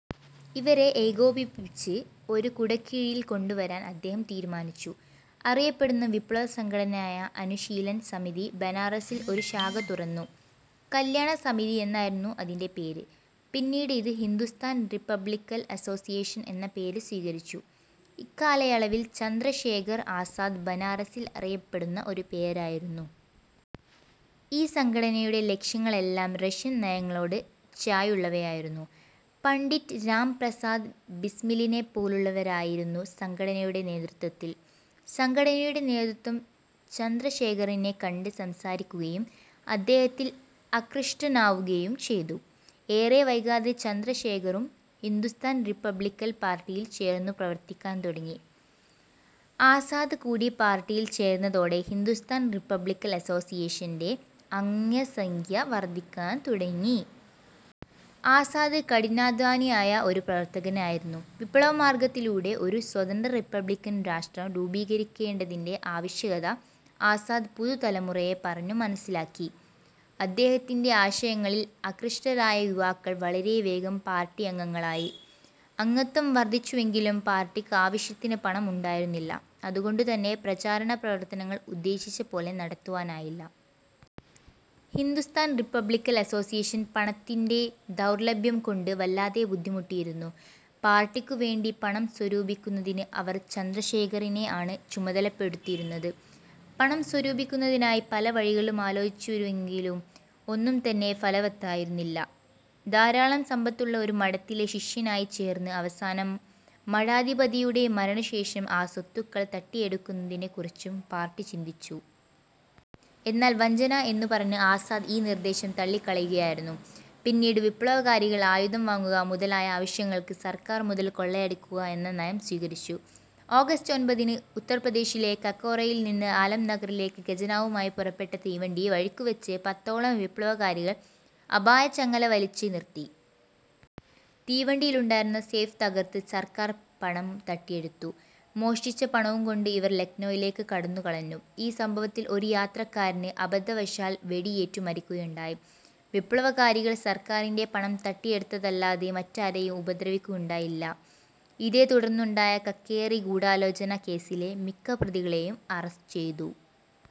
ഇവരെ ഏകോപിപ്പിച്ച് ഒരു കുടക്കീഴിൽ കൊണ്ടുവരാൻ അദ്ദേഹം തീരുമാനിച്ചു. അറിയപ്പെടുന്ന വിപ്ലവസംഘടനയായ അനുശീലൻ സമിതി, ബനാറസിൽ ഒരു ശാഖ തുറന്നു. കല്യാണ സമിതി എന്നായിരുന്നു അതിന്റെ പേര്. പിന്നീട് ഇത് ഹിന്ദുസ്ഥാൻ റിപ്പബ്ലിക്കൽ അസ്സോസിയേഷൻ എന്ന പേരു സ്വീകരിച്ചു. ഇക്കാലയളവിൽ ചന്ദ്രശേഖർ ആസാദ് ബനാറസിൽ അറിയപ്പെടുന്ന ഒരു പേരായിരുന്നു. ഈ സംഘടനയുടെ ലക്ഷ്യങ്ങളെല്ലാം റഷ്യൻ നയങ്ങളോട് ചായ്വുള്ളവയായിരുന്നു. പണ്ഡിറ്റ് രാംപ്രസാദ് ബിസ്മിലിനെപ്പോലുള്ളവരായിരുന്നു സംഘടനയുടെ നേതൃത്വത്തിൽ. സംഘടനയുടെ നേതൃത്വം ചന്ദ്രശേഖറിനെകണ്ട് സംസാരിക്കുകയും അദ്ദേഹത്തിൽ അകൃഷ്ടനാവുകയുംചെയ്തു. ഏറെ വൈകാതെ ചന്ദ്രശേഖറും ഹിന്ദുസ്ഥാൻ റിപ്പബ്ലിക്കൽ പാർട്ടിയിൽ ചേർന്നു പ്രവർത്തിക്കാൻ തുടങ്ങി. ആസാദ് കൂടി പാർട്ടിയിൽ ചേർന്നതോടെ ഹിന്ദുസ്ഥാൻ റിപ്പബ്ലിക്കൻ അസ്സോസ്സിയേഷന്റെ അംഗ്യസംഖ്യ വർദ്ധിക്കാൻ തുടങ്ങി. ആസാദ് കഠിനാധ്വാനിയായ ഒരു പ്രവർത്തകനായിരുന്നു. വിപ്ലവമാർഗ്ഗത്തിലൂടെ ഒരു സ്വതന്ത്ര റിപ്പബ്ലിക്കൻ രാഷ്ട്രം രൂപീകരിക്കേണ്ടതിന്റെ ആവശ്യകത ആസാദ് പുതു തലമുറയെ പറഞ്ഞു മനസ്സിലാക്കി. അദ്ദേഹത്തിന്റെ ആശയങ്ങളിൽ അകൃഷ്ടരായ യുവാക്കൾ വളരെ വേഗം പാർട്ടി അംഗങ്ങളായി. അംഗത്വം വർദ്ധിച്ചുവെങ്കിലും, പാർട്ടിക്ക് ആവശ്യത്തിന് പണം ഉണ്ടായിരുന്നില്ല. അതുകൊണ്ടു തന്നെ പ്രചാരണപ്രവർത്തനങ്ങൾ ഉദ്ദേശിച്ചപോലെ നടത്തുവാനായില്ല. ഹിന്ദുസ്ഥാൻ റിപ്പബ്ലിക്കൽ അസ്സോസ്സിയേഷൻ പണത്തിന്റെ ദൗർലഭ്യം കൊണ്ട് വല്ലാതെ ബുദ്ധിമുട്ടിയിരുന്നു. പാർട്ടിക്കുവേണ്ടി പണം സ്വരൂപിക്കുന്നതിന് അവർ ചന്ദ്രശേഖറിനെ ആണ് ചുമതലപ്പെടുത്തിയിരുന്നത്. പണം സ്വരൂപിക്കുന്നതിനായി പല വഴികളും ആലോചിച്ചിരുവെങ്കിലും ഒന്നും തന്നെ ഫലവത്തായിരുന്നില്ല. ധാരാളം സമ്പത്തുള്ള ഒരു മഠത്തിലെ ശിഷ്യനായി ചേർന്ന് അവസാനം മഠാധിപതിയുടെ മരണശേഷം ആ സ്വത്തുക്കൾ തട്ടിയെടുക്കുന്നതിനെക്കുറിച്ചും പാർട്ടി ചിന്തിച്ചു. എന്നാൽ വഞ്ചന എന്നു പറഞ്ഞ് ആസാദ് ഈ നിർദ്ദേശം തള്ളിക്കളയുകയായിരുന്നു. പിന്നീട്, വിപ്ലവകാരികൾ ആയുധം വാങ്ങുക മുതലായ ആവശ്യങ്ങൾക്ക് സർക്കാർ മുതൽ കൊള്ളയടിക്കുക എന്ന നയം സ്വീകരിച്ചു. ഓഗസ്റ്റ് ഒൻപതിന് ഉത്തർപ്രദേശിലെ കാക്കോറിയിൽ നിന്ന് ആലം നഗറിലേക്ക് ഖജനാവുമായി പുറപ്പെട്ട തീവണ്ടി വഴിക്കു വച്ച് പത്തോളം വിപ്ലവകാരികൾ അപായ ചങ്ങല വലിച്ച് നിർത്തി. തീവണ്ടിയിലുണ്ടായിരുന്ന സേഫ് തകർത്ത് സർക്കാർ പണം തട്ടിയെടുത്തു. മോഷ്ടിച്ച പണവും കൊണ്ട് ഇവർ ലക്നോയിലേക്കു കടന്നു കളഞ്ഞു. ഈ സംഭവത്തിൽ ഒരു യാത്രക്കാരൻ അബന്ധവശാൽ വെടിയേറ്റു മരിക്കുകയുണ്ടായി. വിപ്ലവകാരികൾ സർക്കാരിന്റെ പണം തട്ടിയെടുത്തതല്ലാതെ മറ്റാരേയും ഉപദ്രവിക്കുകയുണ്ടായില്ല. ഇതേ തുടർന്നുണ്ടായ കാക്കേറി ഗൂഢാലോചന കേസിലെ മിക്ക പ്രതികളേയും അറസ്റ്റ് ചെയ്തു.